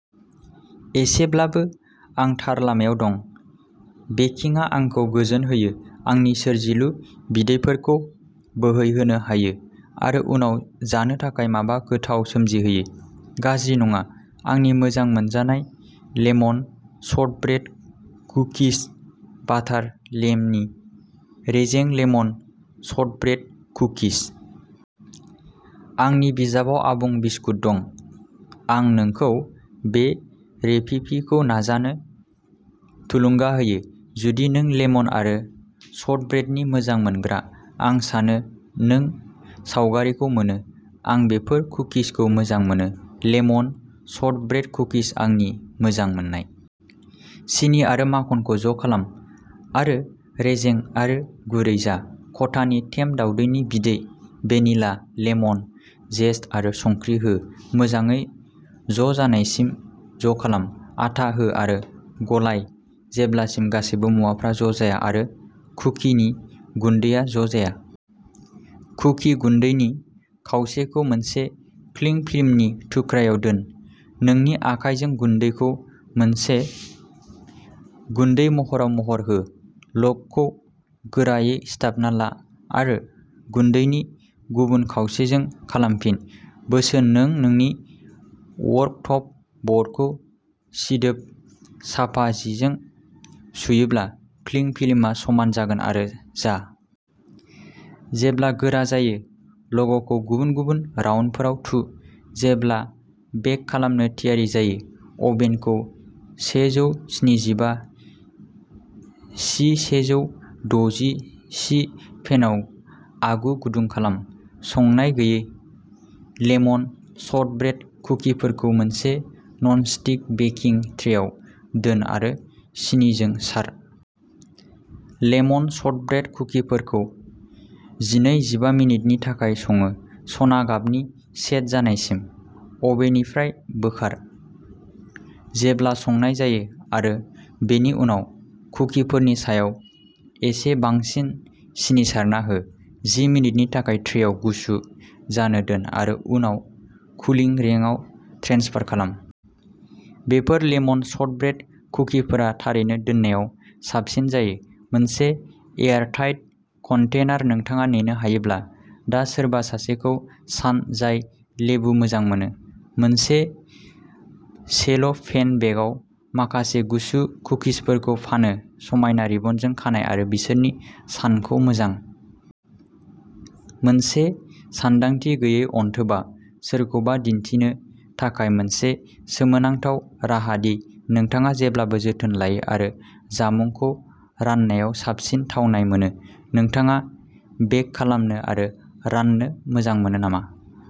एसेब्लाबो आं थार लामायाव दं! बेकिंआ आंखौ गोजोन होयो, आंनि सोरजिलु बिदैफोरखौ बोहैहोनो होयो आरो उनाव जानो थाखाय माबा गोथाव सोमजिहोयो। गाज्रि नङा, आंनि मोजां मोनजानाय लेमन शर्टब्रेड कुकिज! बाटार, लेमनि, रेजें लेमन शर्टब्रेड कुकिज। आंनि बिजाबाव आबुं बिस्कुट दं। आं नोंखौ बे रेसिपिखौ नाजानो थुलुंगा होयो, जुदि नों लेमन आरो शर्टब्रेडनि मोजां मोनग्रा। आं सानो नों सावगारिखौ मोनो। आं बेफोर कुकिजखौ मोजां मोनो! लेमन शर्टब्रेड कुकिज आंनि मोजां मोननाय! सिनि आरो माखनखौ ज' खालाम आरो रेजें आरो गुरै जा। खथानि टेम्प दावदैनि बिदै, भेनिला, लेमन जेस्ट आरो संख्रि हो। मोजाङै ज' जानायसिम ज' खालाम। आटा हो आरो गलाय जेब्लासिम गासैबो मुवाफोरा ज' जाया आरो कुकिनि गुन्दैआ ज' जाया। कुकि गुन्दैनि खावसेखौ मोनसे क्लिं फ्लिमनि थुख्राआव दोन। नोंनि आखाइजों गुन्दैखौ मोनसे गुन्दै महराव महर हो। लगखौ गोरायै सिथाबना ला आरो गुन्दैनि गुबुन खावसेजों खालामफिन। बोसोन नों नोंनि वर्कटप ब'र्डखौ सिदोब, साफा जिजों सुयोब्ला, क्लिं फ्लिमआ समान जागोन आरो जा जेब्ला गोरा जायो, लगखौ गुबुन गुबुन राउन्डफोराव थु। जेब्ला बेक खालामनो थियारि जायो, अभेनखौ सेजौ स्निजिबा सि सेजौ द'जि सि फेनआव आगु गुदुं खालाम। संनाय गैयै लेमन शर्टब्रेड कुकिफोरखौ मोनसे ननस्टिक बेकिं ट्रेआव दोन आरो सिनिजों सार। लेमन शर्टब्रेड कुकिफोरखौ जिनै जिबा मिनिटनि थाखाय सङो, सना गाबनि आरो सेट जानायसिम। अभेननिफ्राय बोखार, जेब्ला संनाय जायो आरो बेनि उनाव कुकिफोरनि सायाव एसे बांसिन सिनि सारना हो। जि मिनिटनि थाखाय ट्रेआव गुसु जानो दोन आरो उनाव कुलिं रेकआव ट्रेन्सफार खालाम। बेफोर लेमन शर्टब्रेड कुकिफोरा थारैनो दोननायाव साबसिन जायो, मोनसे एयारटाइट कन्टेनार, नोंथाङा नेनो हायोब्ला। दा सोरबा सासेखौ सान, जाय लेबु मोजां मोनो, मोनसे सेल' फेन बेगआव माखासे गुसु कुकिसफोरखौ फानो, समायना रिबनजों खानाय आरो बिसोरनि सानखौ मोजां मोनसे सानदांथि गैयै अनथोबआ सोरखौबा दिन्थिनो थाखाय मोनसे सोमोनांथाव राहा दि नोंथाङा जेब्लाबो जोथोन लायो आरो जामुंखौ राननायाव साबसिन थावनाय मोनो। नोंथाङा बेक खालामनो आरो राननो मोजां मोनो नामा?